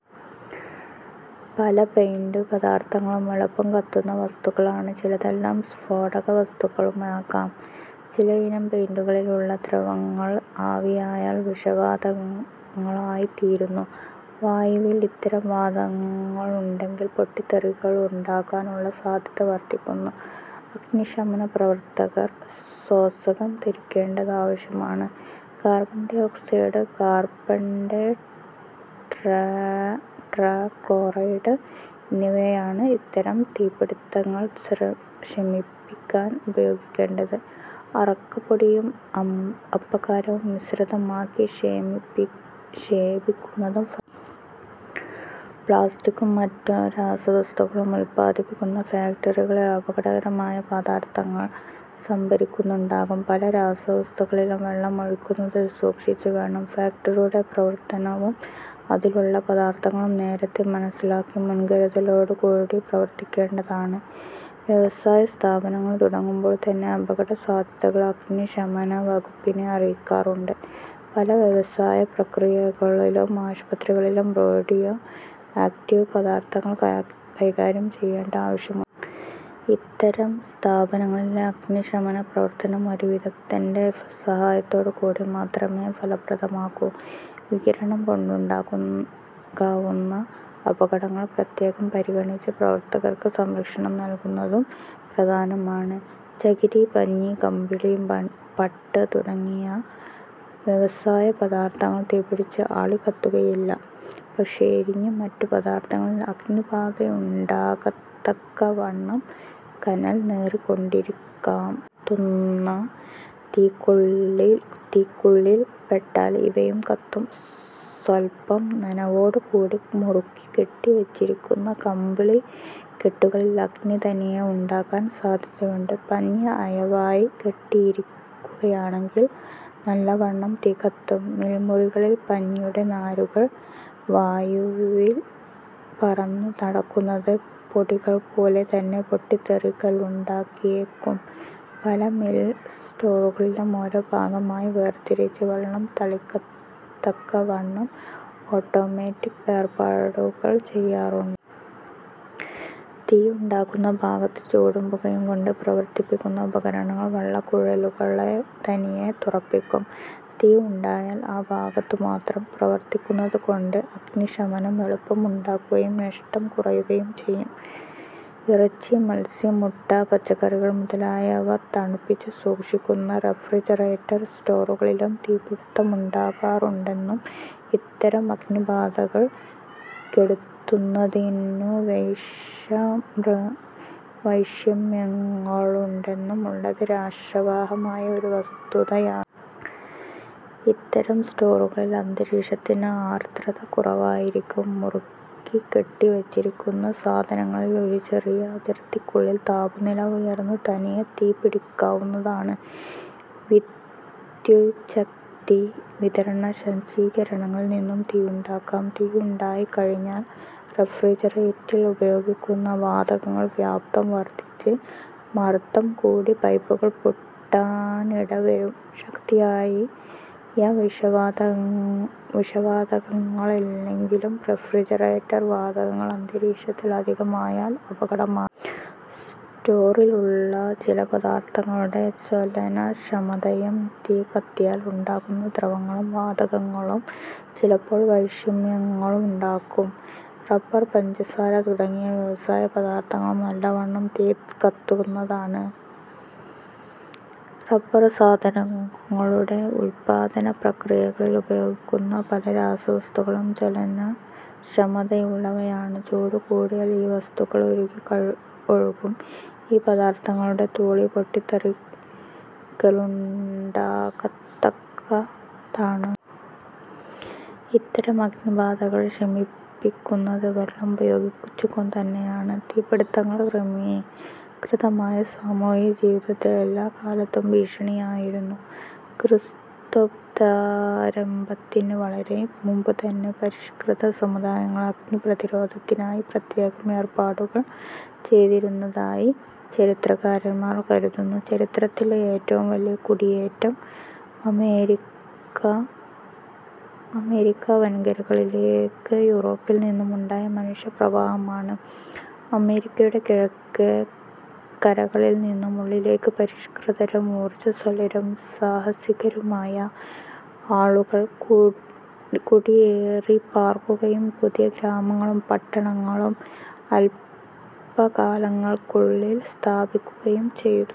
പല പെയിന്റുപദാർഥങ്ങളും എളുപ്പം കത്തുന്ന വസ്തുക്കളാണ്. ചിലതെല്ലാം സ്ഫോടകവസ്തുക്കളുമാകാം. ചിലയിനം പെയിന്റുകളിൽ ഉള്ള ദ്രവങ്ങൾ ആവിയായാൽ വിഷവാതകങ്ങളായിത്തീരുന്നു. വായുവിൽ ഇത്തരം വാതകങ്ങളുണ്ടെങ്കിൽ പൊട്ടിത്തെറികളുണ്ടാകാനുള്ള സാധ്യത വർധിക്കുന്നു. അഗ്നിശമന പ്രവർത്തകർ ശ്വാസകം ധരിക്കേണ്ടതാവശ്യമാണ്. കാർബൺഡൈഓക്സൈഡ്, കാർബൺടെട്രാക്ലോറൈഡ് എന്നിവയാണ് ഇത്തരം തീപിടിത്തങ്ങൾ ശമിപ്പിക്കാൻ ഉപയോഗിക്കേണ്ടത്. അറക്കപൊടിയും, അപ്പക്കാരവും മിശ്രിതമാക്കി ക്ഷേപിക്കുന്നതും ഫലപ്രദമാണ്. പ്ലാസ്റ്റിക്കും മറ്റു രാസവസ്തുക്കളും ഉത്പാദിപ്പിക്കുന്ന ഫാക്ടറികളിൽ അപകടകരമായ പദാർഥങ്ങൾ സംഭരിക്കുന്നുണ്ടാകും. പല രാസവസ്തുക്കളിലും വെള്ളം ഒഴിക്കുന്നത് സൂക്ഷിച്ചുവേണം. ഫാക്ടറിയുടെ പ്രവർത്തനവും, അതിലുള്ള പദാർഥങ്ങളും നേരത്തെ മനസ്സിലാക്കി മുൻകരുതലോടുകൂടി പ്രവർത്തിക്കേണ്ടതാണ്. വ്യവസായസ്ഥാപനങ്ങൾ തുടങ്ങുമ്പോൾതന്നെ, അപകടസാധ്യതകൾ അഗ്നിശമനവകുപ്പിനെ അറിയിക്കാറുണ്ട്. പല വ്യവസായപ്രക്രിയകളിലും, ആശുപത്രികളിലും റേഡിയോ ആക്റ്റീവ് പദാർഥങ്ങൾ കൈകാര്യം ചെയ്യേണ്ട ആവശ്യമുണ്ട്. ഇത്തരം സ്ഥാപനങ്ങളിലെ അഗ്നിശമനപ്രവർത്തനം ഒരു വിദഗ്ദ്ധന്റെ സഹായത്തോടുകൂടി മാത്രമേ ഫലപ്രദമാകൂ. വികിരണം കൊണ്ടുണ്ടാകാവുന്ന അപകടങ്ങൾ പ്രത്യേകം പരിഗണിച്ച് പ്രവർത്തകർക്ക് സംരക്ഷണം നല്കുന്നതും പ്രധാനമാണ്. ചകിരി, പഞ്ഞി, കമ്പിളി, പട്ട് തുടങ്ങിയ വ്യവസായ പദാർഥങ്ങൾ തീപിടിച്ച് ആളിക്കത്തുകയില്ല, പക്ഷേ എരിഞ്ഞ് മറ്റു പദാർഥങ്ങളിൽ അഗ്നിബാധയുണ്ടാകത്തക്കവണ്ണം കനൽ നീറിക്കൊണ്ടിരിക്കാം. ആളിക്കത്തുന്ന തീക്കുള്ളിൽ പെട്ടാൽ ഇവയും കത്തും. സ്വല്പം നനവോടുകൂടി മുറുക്കി കെട്ടിവച്ചിരിക്കുന്ന കമ്പിളിക്കെട്ടുകളിൽ അഗ്നി തനിയെ ഉണ്ടാകാൻ സാധ്യതയുണ്ട്. പഞ്ഞി അയവായി കെട്ടിയിരിക്കുകയാണെങ്കിൽ നല്ലവണ്ണം തീ കത്തും. മിൽ മുറികളിൽ പഞ്ഞിയുടെ നാരുകൾ വായുവിൽ പറന്നുനടക്കുന്നത് പൊടികൾപോലെതന്നെ പൊട്ടിത്തെറിക്കലുണ്ടാക്കിയേക്കും. പല മിൽ സ്റ്റോറുകളിലും ഓരോ ഭാഗമായി വേർതിരിച്ച് വെള്ളം തളിക്കത്തക്കവണ്ണം ഓട്ടോമാറ്റിക് ഏർപ്പാടുകൾ ചെയ്യാറുണ്ട്. തീയുണ്ടാകുന്ന ഭാഗത്ത് ചൂടും പുകയുംകൊണ്ട് പ്രവർത്തിപ്പിക്കുന്ന ഉപകരണങ്ങൾ വെള്ളക്കുഴലുകളെ തനിയെ തുറപ്പിക്കും. തീ ഉണ്ടായാൽ ആ ഭാഗത്തു മാത്രം പ്രവർത്തിക്കുന്നതുകൊണ്ട് അഗ്നിശമനം എളുപ്പം ഉണ്ടാകുകയും നഷ്ടം കുറയുകയും ചെയ്യും. ഇറച്ചി, മത്സ്യം, മുട്ട, പച്ചക്കറികൾ മുതലായവ തണുപ്പിച്ചു സൂക്ഷിക്കുന്ന റഫ്രിജറേറ്റർ സ്റ്റോറുകളിലും തീപിടിത്തമുണ്ടാകാറുണ്ടെന്നും ഇത്തരം അഗ്നിബാധകൾ കെടുത്തുന്നതിനു വൈഷമ്യങ്ങളുണ്ടെന്നും ഉള്ളത് രസാവഹമായ ഒരു വസ്തുതയാണ്. ഇത്തരം സ്റ്റോറുകളിൽ അന്തരീക്ഷത്തിന് ആർദ്രത കുറവായിരിക്കും. മുറുക്കിക്കെട്ടിവച്ചിരിക്കുന്ന സാധനങ്ങളിൽ ഒരു ചെറിയ അതിർത്തിക്കുള്ളിൽ താപനില ഉയർന്ന് തനിയെ തീ പിടിക്കാവുന്നതാണ്. വിദ്യുച്ഛക്തി വിതരണസജ്ജീകരണങ്ങളിൽ നിന്നും തീയുണ്ടാകാം. തീയുണ്ടായിക്കഴിഞ്ഞാൽ റഫ്രിജറേറ്ററിൽ ഉപയോഗിക്കുന്ന വാതകങ്ങൾ വ്യാപ്തം വർധിച്ച് മർദംകൂടി പൈപ്പുകൾ പൊട്ടാനിടവരും. ശക്തിയായ വിഷവാതകങ്ങളല്ലെങ്കിലും റഫ്രിജറേറ്റർവാതകങ്ങൾ അന്തരീക്ഷത്തിൽ അധികമായാൽ അപകടമാണ്. സ്റ്റോറിലുള്ള ചില പദാർഥങ്ങളുടെ ജ്വലനക്ഷമതയും തീ കത്തിയാൽ ഉണ്ടാകുന്ന ദ്രവങ്ങളും വാതകങ്ങളും ചിലപ്പോൾ വൈഷമ്യങ്ങളുണ്ടാക്കും. റബർ, പഞ്ചസാര തുടങ്ങിയ വ്യവസായപദാർഥങ്ങളും നല്ലവണ്ണം തീ കത്തുന്നതാണ്. റബർസാധനങ്ങളുടെ ഉത്പാദനപ്രക്രിയകളിൽ ഉപയോഗിക്കുന്ന പല രാസവസ്തുക്കളും ജ്വലനക്ഷമതയുള്ളവയാണ്. ചൂടുകൂടിയാൽ ഈ വസ്തുക്കൾ ഉരുകി ഒഴുകും. ഈ പദാർഥങ്ങളുടെ ധൂളി പൊട്ടിത്തെറിക്കലുണ്ടാകത്തക്കതാണ്. ഇത്തരം അഗ്നിബാധകൾ ശമിപ്പിക്കുന്നത് വെള്ളം ഉപയോഗിച്ചുതന്നെയാണ്. തീപിടിത്തങ്ങൾ ക്രമീകൃതമായ സാമൂഹ്യജീവിതത്തിന് എല്ലാക്കാലത്തും ഭീഷണിയായിരുന്നു. ക്രിസ്ത്വബ്ദാരംഭത്തിനു വളരെ മുമ്പുതന്നെ പരിഷ്കൃത സമുദായങ്ങൾ അഗ്നിപ്രതിരോധത്തിനായി പ്രത്യേകം ഏർപ്പാടുകൾ ചെയ്തിരുന്നതായി ചരിത്രകാരൻമാർ കരുതുന്നു. ചരിത്രത്തിലെ ഏറ്റവും വലിയ കുടിയേറ്റം അമേരിക്ക വൻകരകളിലേക്ക് യൂറോപ്പിൽനിന്നുമുണ്ടായ മനുഷ്യപ്രവാഹമാണ്. അമേരിക്കയുടെ കിഴക്കേ കരകളിൽനിന്നും ഉള്ളിലേക്ക് പരിഷ്കൃതരും, ഊർജസ്വലരും, സാഹസികരുമായ ആളുകൾ കുടിയേറിപ്പാർക്കുകയും പുതിയ ഗ്രാമങ്ങളും പട്ടണങ്ങളും അല്പകാലങ്ങൾക്കുള്ളിൽ സ്ഥാപിക്കുകയും ചെയ്തു.